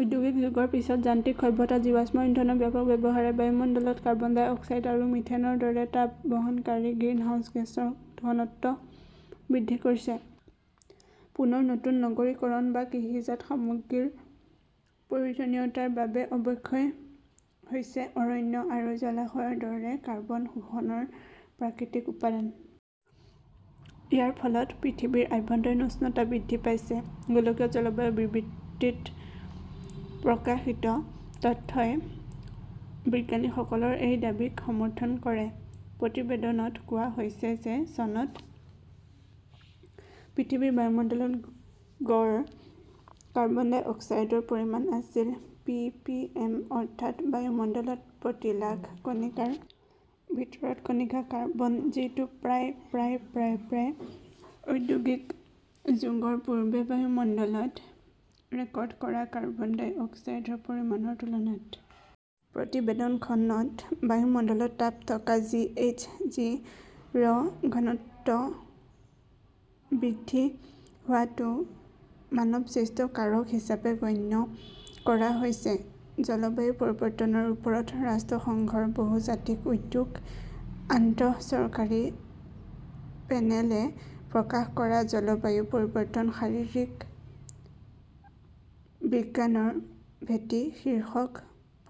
ঔদ্যোগিক যুগৰ পিছত যান্ত্ৰিক সভ্যতাত জীৱাশ্ম ইন্ধনৰ ব্যাপক ব্যৱহাৰে বায়ুমণ্ডলত কাৰ্বন ডাই অক্সাইড আৰু মিথেনৰ দৰে তাপ-বহনকাৰী গ্ৰিনহাউজ গেছৰ ঘনত্ব বৃদ্ধি কৰিছে। পুনৰ নতুন নগৰীকৰণ বা কৃষিজাত সামগ্ৰীৰ প্ৰয়োজনীয়তাৰ বাবে অৱক্ষয় হৈছে অৰণ্য আৰু জলাশয়ৰ দৰে কাৰ্বন শোষণৰ প্ৰাকৃতিক উপাদান। ইয়াৰ ফলত পৃথিৱীৰ আভ্যন্তৰীণ উষ্ণতা বৃদ্ধি পাইছে। গোলকীয় জলবায়ু বিবৃতি -ত প্ৰকাশিত তথ্যই বিজ্ঞানীসকলৰ এই দাবীক সমৰ্থন কৰে। প্ৰতিবেদনত কোৱা হৈছে যে চনত পৃথিৱীৰ বায়ুমণ্ডলত গড় কাৰ্বন ডাই অক্সাইডৰ পৰিমাণ আছিল পিপিএম অৰ্থাৎ বায়ুমণ্ডলত প্ৰতি লাখ কণিকাৰ ভিতৰত কণিকা কাৰ্বন; যিটো প্ৰায় প্ৰায় প্ৰায় প্ৰায় ঔদ্যোগিক যুগৰ পূৰ্বে বায়ুমণ্ডলত ৰেকৰ্ড কৰা কাৰ্বন ডাই অক্সাইডৰ পৰিমাণৰ তুলনাত। প্ৰতিবেদনখনত বায়ুমণ্ডলত তাপ থকা জি. এইচ. জি. -ৰ ঘনত্ব বৃদ্ধি হোৱাটো মানৱসৃষ্ট কাৰক হিচাপে গণ্য কৰা হৈছে। জলবায়ু পৰিৱৰ্তনৰ ওপৰত ৰাষ্ট্ৰসংঘৰ বহুজাতিক উদ্যোগ আন্তঃ-চৰকাৰী পেনেলে প্ৰকাশ কৰা 'জলবায়ু পৰিৱৰ্তন শাৰীৰিক বিজ্ঞানৰ ভেটি' শীৰ্ষক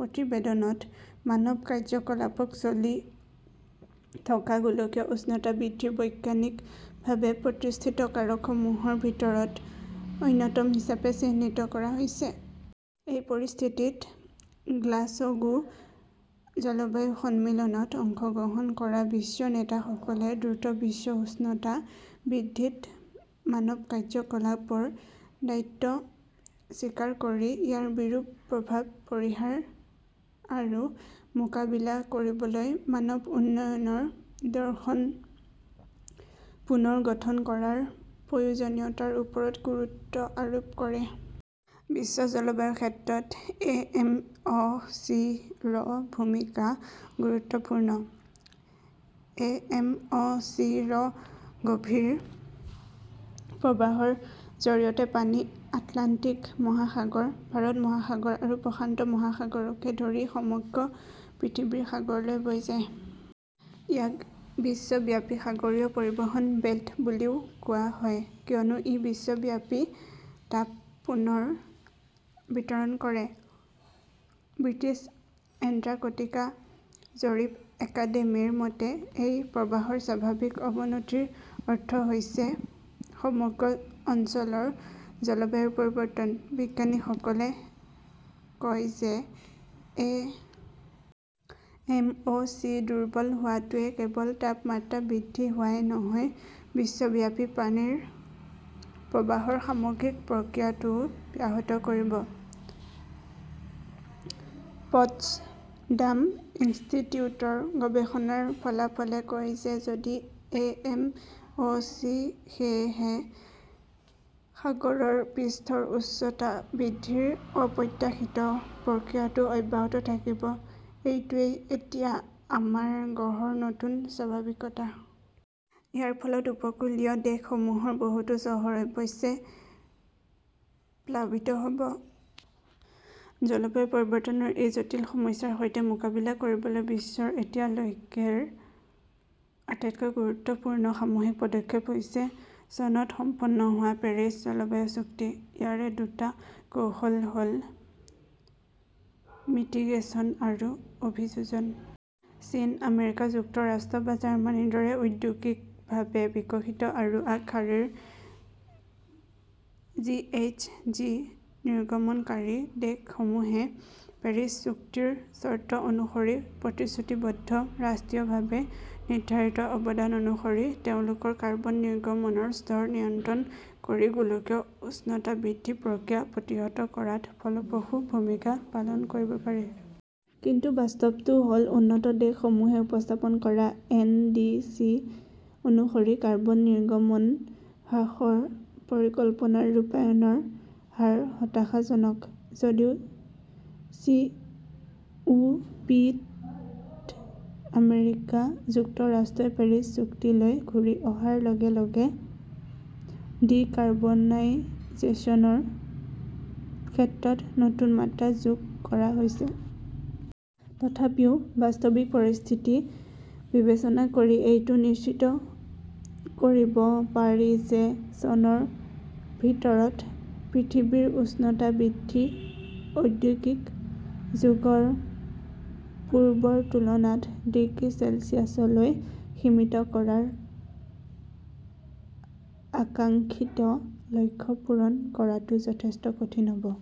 প্ৰতিবেদনত মানৱ কাৰ্যকলাপক চলি থকা গোলকীয় উষ্ণতা বৃদ্ধিৰ বৈজ্ঞানিকভাৱে প্ৰতিষ্ঠিত কাৰকসমূহৰ ভিতৰত অন্যতম হিচাপে চিহ্নিত কৰা হৈছে। এই পৰিস্থিতিত গ্লাছগো জলবায়ু সন্মিলনত অংশগ্ৰহণ কৰা বিশ্ব নেতাসকলে দ্ৰুত বিশ্ব উষ্ণতা বৃদ্ধিত মানৱ কাৰ্যকলাপৰ দায়িত্ব স্বীকাৰ কৰি ইয়াৰ বিৰূপ প্ৰভাৱ পৰিহাৰ আৰু মোকাবিলা কৰিবলৈ মানৱ উন্নয়নৰ দৰ্শন পুনৰ গঠন কৰাৰ প্ৰয়োজনীয়তাৰ ওপৰত গুৰুত্ব আৰোপ কৰে। বিশ্ব জলবায়ুৰ ক্ষেত্ৰত এ. এম. অ. চি. -ৰ ভূমিকা গুৰুত্বপূৰ্ণ। এ. এম. অ. চি. -ৰ গভীৰ প্ৰবাহৰ জৰিয়তে পানী আটলাণ্টিক মহাসাগৰ, ভাৰত মহাসাগৰ আৰু প্ৰশান্ত মহাসাগৰকে ধৰি সমগ্ৰ পৃথিৱীৰ সাগৰলৈ বৈ যায়। ইয়াক বিশ্বব্যাপী সাগৰীয় পৰিবহণ বেল্ট বুলিও কোৱা হয়; কিয়নো ই বিশ্বব্যাপী তাপ পুনৰ বিতৰণ কৰে। ব্ৰিটিছ এণ্টাৰ্কটিকা জৰীপ একাডেমীৰ মতে, এই প্ৰৱাহৰ স্বাভাৱিক অৱনতিৰ অৰ্থ হৈছে সমগ্ৰ অঞ্চলৰ জলবায়ুৰ পৰিৱৰ্তন। বিজ্ঞানীসকলে কয় যে এ. এম. অ. চি. দুৰ্বল হোৱাটোৱে কেৱল তাপমাত্ৰা বৃদ্ধি হোৱাই নহয়, বিশ্বব্যাপী পানীৰ প্ৰবাহৰ সামগ্ৰিক প্ৰক্ৰিয়াটোও ব্যাহত কৰিব। পটছডাম ইনষ্টিটিউটৰ গৱেষণাৰ ফলাফলে কয় যে যদি এ. এম. অ. চি. সেয়েহে সাগৰৰ পৃষ্ঠৰ উচ্চতা বৃদ্ধিৰ অপ্ৰত্যাশিত প্ৰক্ৰিয়াটো অব্যাহত থাকিব, এইটোৱেই এতিয়া আমাৰ গ্ৰহৰ নতুন স্বাভাৱিকতা। ইয়াৰ ফলত উপকূলীয় দেশসমূহৰ বহুতো চহৰ অৱশ্যে প্লাবিত হ'ব। জলবায়ু পৰিৱৰ্তনৰ এই জটিল সমস্যাৰ সৈতে মোকাবিলা কৰিবলৈ বিশ্বৰ এতিয়ালৈকেৰ আটাইতকৈ গুৰুত্বপূৰ্ণ সামূহিক পদক্ষেপ হৈছে চনত সম্পন্ন হোৱা পেৰিছ জলবায়ু চুক্তি। ইয়াৰে দুটা কৌশল হ'ল মিটিগেচন আৰু অভিযোজন। চীন, আমেৰিকা যুক্তৰাষ্ট্ৰ বা জাৰ্মানীৰ দৰে ঔদ্যোগিকভাৱে বিকশিত আৰু আগশাৰীৰ জিএইচজি নিৰ্গমনকাৰী দেশসমূহে পেৰিছ চুক্তিৰ চৰ্ত অনুসৰি প্ৰতিশ্ৰুতিবদ্ধ ৰাষ্ট্ৰীয়ভাৱে নিৰ্ধাৰিত অৱদান অনুসৰি তেওঁলোকৰ কাৰ্বন নিৰ্গমনৰ স্তৰ নিয়ন্ত্ৰণ কৰি গোলকীয় উষ্ণতা বৃদ্ধি প্ৰক্ৰিয়া প্ৰতিহত কৰাত ফলপ্ৰসূ ভূমিকা পালন কৰিব পাৰে। কিন্তু বাস্তৱটো হ'ল উন্নত দেশসমূহে উপস্থাপন কৰা এন. ডি. চি. অনুসৰি কাৰ্বন নিৰ্গমন হ্ৰাসৰ পৰিকল্পনাৰ ৰূপায়ণৰ হাৰ হতাশাজনক। যদিও চি. ও. পি. -ত আমেৰিকা যুক্তৰাষ্ট্ৰই পেৰিছ চুক্তিলৈ ঘূৰি অহাৰ লগে লগে ডিকাৰ্বনাইজেশ্যনৰ ক্ষেত্ৰত নতুন মাত্ৰা যোগ কৰা হৈছে। তথাপিও বাস্তৱিক পৰিস্থিতি বিবেচনা কৰি এইটো নিশ্চিত কৰিব পাৰি যে চনৰ ভিতৰত পৃথিৱীৰ উষ্ণতা বৃদ্ধি ঔদ্যোগিক যুগৰ পূৰ্বৰ তুলনাত ডিগ্ৰী চেলছিয়াছলৈ সীমিত কৰাৰ আকাংক্ষিত লক্ষ্য পূৰণ কৰাটো যথেষ্ট কঠিন হ'ব।